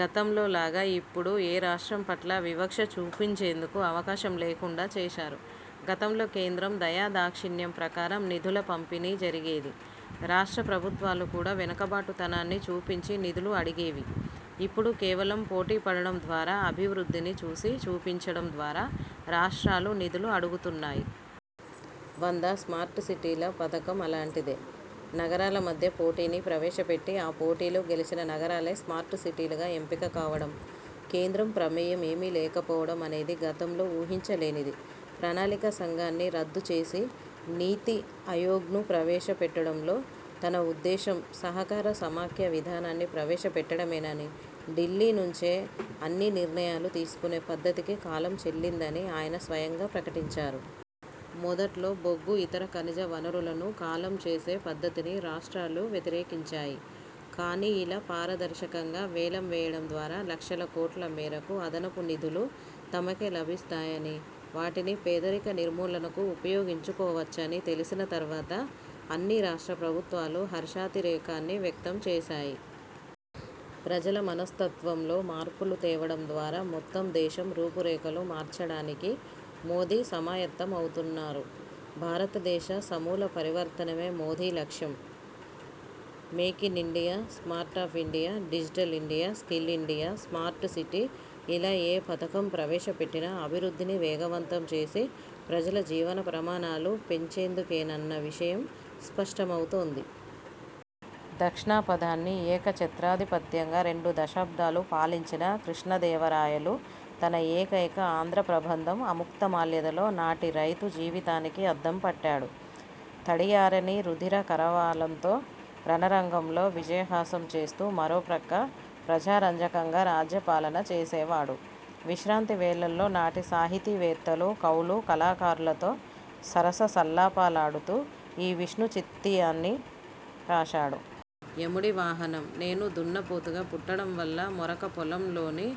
గతంలో లాగా ఇప్పుడు ఏ రాష్ట్రం పట్ల వివక్ష చూపించేందుకు అవకాశం లేకుండా చేశారు. గతంలో కేంద్రం దయాదాక్షిణ్యం ప్రకారం నిధుల పంపిణీ జరిగేది. రాష్ట్ర ప్రభుత్వాలు కూడా వెనుకబాటుతనాన్ని చూపించి నిధులు అడిగేవి. ఇప్పుడు కేవలం పోటీపడడం ద్వారా, అభివృద్ధిని చేసి చూపించడం ద్వారా రాష్ట్రాలు నిధులు అడుగుతున్నాయి. వంద స్మార్ట్ సిటీల పథకం అలాంటిదే. నగరాల మధ్య పోటీని ప్రవేశపెట్టి, ఆ పోటీలో గెలిచిన నగరాలే స్మార్ట్ సిటీలుగా ఎంపిక కావడం, కేంద్రం ప్రమేయం ఏమీ లేకపోవడం అనేది గతంలో ఊహించలేనిది. ప్రణాళికా సంఘాన్ని రద్దు చేసి నీతి ఆయోగ్ను ప్రవేశపెట్టడంలో తన ఉద్దేశం సహకార సమాఖ్య విధానాన్ని ప్రవేశపెట్టడమేనని, ఢిల్లీ నుంచే అన్ని నిర్ణయాలు తీసుకునే పద్ధతికి కాలం చెల్లిందని ఆయన స్వయంగా ప్రకటించారు. మొదట్లో బొగ్గు, ఇతర ఖనిజ వనరులను కాలం చేసే పద్ధతిని రాష్ట్రాలు వ్యతిరేకించాయి. కాని ఇలా పారదర్శకంగా వేలం వేయడం ద్వారా లక్షల కోట్ల మేరకు అదనపు నిధులు తమకే లభిస్తాయని, వాటిని పేదరిక నిర్మూలనకు ఉపయోగించుకోవచ్చని తెలిసిన తర్వాత అన్ని రాష్ట్ర ప్రభుత్వాలు హర్షాతిరేకాన్ని వ్యక్తం చేశాయి. ప్రజల మనస్తత్వంలో మార్పులు తేవడం ద్వారా మొత్తం దేశం రూపురేఖలు మార్చడానికి మోదీ సమాయత్తమవుతున్నారు. భారత దేశ సమూల పరివర్తనమే మోదీ లక్ష్యం. Make in India, smart up India, digital India, skill India, smart city ఇలా ఏ పథకం ప్రవేశపెట్టినా, అభివృద్ధిని వేగవంతం చేసి ప్రజల జీవన ప్రమాణాలు పెంచేందుకేనన్న విషయం స్పష్టమవుతోంది. దక్షిణా పథాన్ని ఏకచ్ఛత్రాధిపత్యంగా రెండు దశాబ్దాలు పాలించిన కృష్ణదేవరాయలు తన ఏకైక ఆంధ్ర ప్రబంధం 'ఆముక్తమాల్యద'లో నాటి రైతు జీవితానికి అద్దం పట్టాడు. తడియారని రుధిర కరవాలంతో రణరంగంలో విజయహాసం చేస్తూ, మరోప్రక్క ప్రజారంజకంగా రాజ్య పాలన చేసేవాడు. విశ్రాంతి వేళల్లో నాటి సాహితీ వేత్తలు, కవులు, కళాకారులతో సరస సల్లాపాలాడుతూ ఈ విష్ణుచిత్తీయాన్ని రాశాడు. యముడి వాహనం- నేను దున్నపోతుగా పుట్టడం వల్ల మెరక పొలంలోని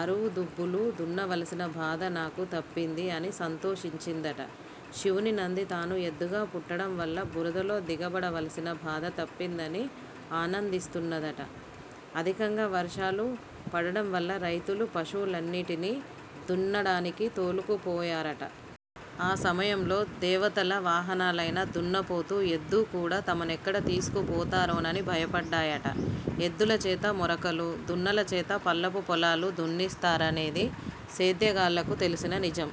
అరువు దుబ్బులు దున్నవలసిన బాధ నాకు తప్పింది అని సంతోషించిందట. శివుని నంది తాను ఎద్దుగా పుట్టడం వల్ల బురదలో దిగబడవలసిన బాధ తప్పిందని ఆనందిస్తున్నదట. అధికంగా వర్షాలు పడడంవల్ల రైతులు పశువులన్నిటినీ దున్నడానికి తోలుకుపోయారట. ఆ సమయంలో దేవతల వాహనాలయిన దున్నపోతు, ఎద్దు కూడా తమనెక్కడ తీసుకు పొతారోనని భయపడ్డాయట. ఎద్దుల చేత మెరకలు, దున్నల చేత పల్లపుపొలాలూ దున్నిస్తారనేది సేద్యగాళ్లకు తెలిసిన నిజం.